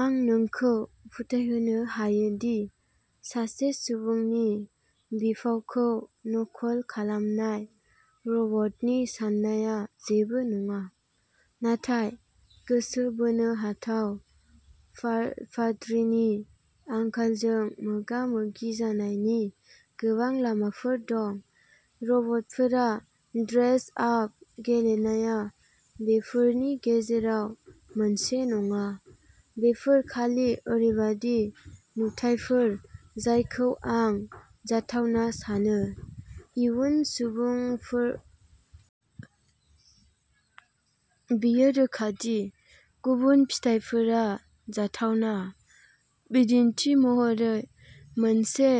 आं नोंखौ फोथायहोनो हायो दि सासे सुबुंनि बिफावखौ नकल खालामनाय रबटनि साननाया जेबो नङा, नाथाय गोसो बोनो हाथाव। पाद्रिनि आंखालजों मोगा-मोगि जानायनि गोबां लामाफोर दं। रबटफोरा ड्रेस-आप गेलेनाया बेफोरनि गेजेराव मोनसे नङा। बेफोर खालि ओरैबायदि नुथायफोर जायखौ आं जाथावना सानो, इयुन बुंफोरनाय एबा मोजां मोननाय नङा। बेयो रोखा दि गुबुन फिथायफोरा जाथावना। बिदिन्थि महरै, माखासे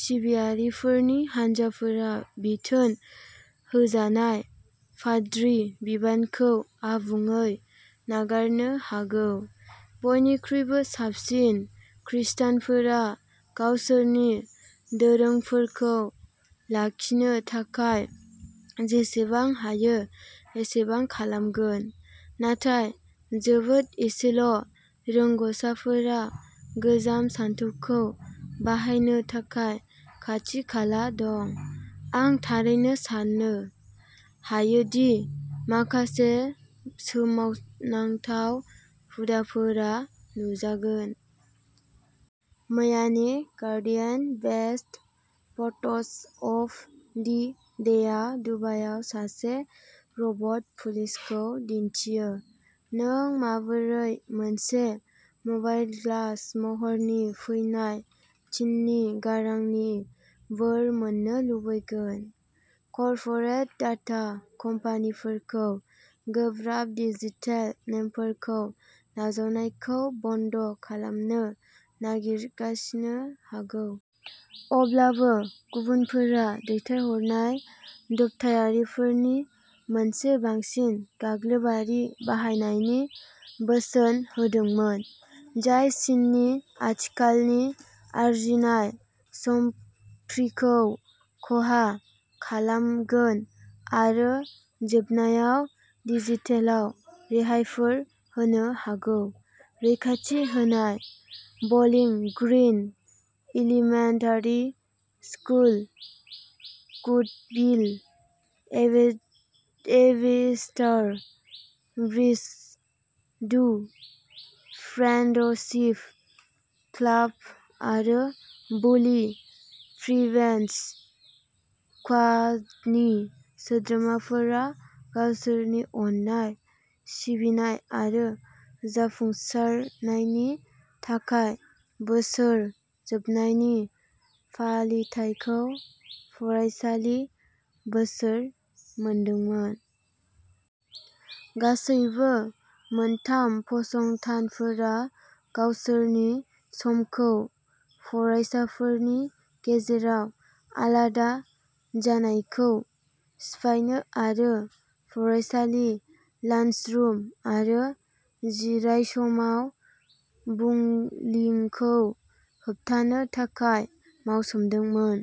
सिबियारिफोरनि हानजाफोरा बिथोन होजानाय पाद्रि बिबानखौ आबुङै नागारनो हागौ। बयनिख्रुइबो साबसिन खृष्टानफोरा गावसोरनि दोरोंफोरखौ लाखिनो थाखाय जेसेबां हायो एसेबां खालामगोन। नाथाय जोबोद एसेल'रोंग'सारफोरा गोजाम सानथौखौ बाहायनो थाखाय खाथि-खाला दं, आं थारैनो साननो हायो दि माखासे सोमोनांथाव हुदाफोरा नुजागोन। मैयानि guardian best photos of the day दुबायाव सासे रबट पुलिसखौ दिन्थियो। नों माबोरै मोनसे फाइबारग्लास महरनिफ्राय फैनाय टिननि गारांनि "बोर" मोन्नो लुबैगोन। कर्परेट डाटा-कम्पानिफोरखौ गोब्राब डिजिटेल नेमफोरखौ नाजावनायखौ बन्द खालामनो नारसिननो हागौ। अब्लाबो गुबुनफोरा दैथायहरनाय दबथायनायफोरनि मोनसे बांसिन गाग्लोबारि बाहायनायनि बोसोन होदोंमोन, जाय चीननि आथिखालनि आरजिनाय स्प्रीखौ खहा खालामगोन आरो जोबनायाव डिजिटेलाव रेहायफोर होनो हागौ। रैखाथि होनाय। बलिं ग्रिन इलिमेन्टारि स्कुलनि goodwill ambassador, bridges to friendship club आरो बुलि प्रिभेन्सन स्क्वाडनि सोद्रोमाफोरा गावसोरनि अननाय, सिबिनाय आरो जाफुंसारनायनि थाखाय बोसोर जोबनायनि फालिथाइखौ फरायसालि बोसोराव मोनदोंमोन। गासैबो मोनथाम फसंथानफोरा गावसोरनि समखौ फरायसाफोरनि गेजेराव आलादा जानायखौ सिफायनो आरो फरायसालि, लान्सरुम आरो जिरायसमाव बुलिंखौ होबथानो थाखाय मावसोमदोंमोन।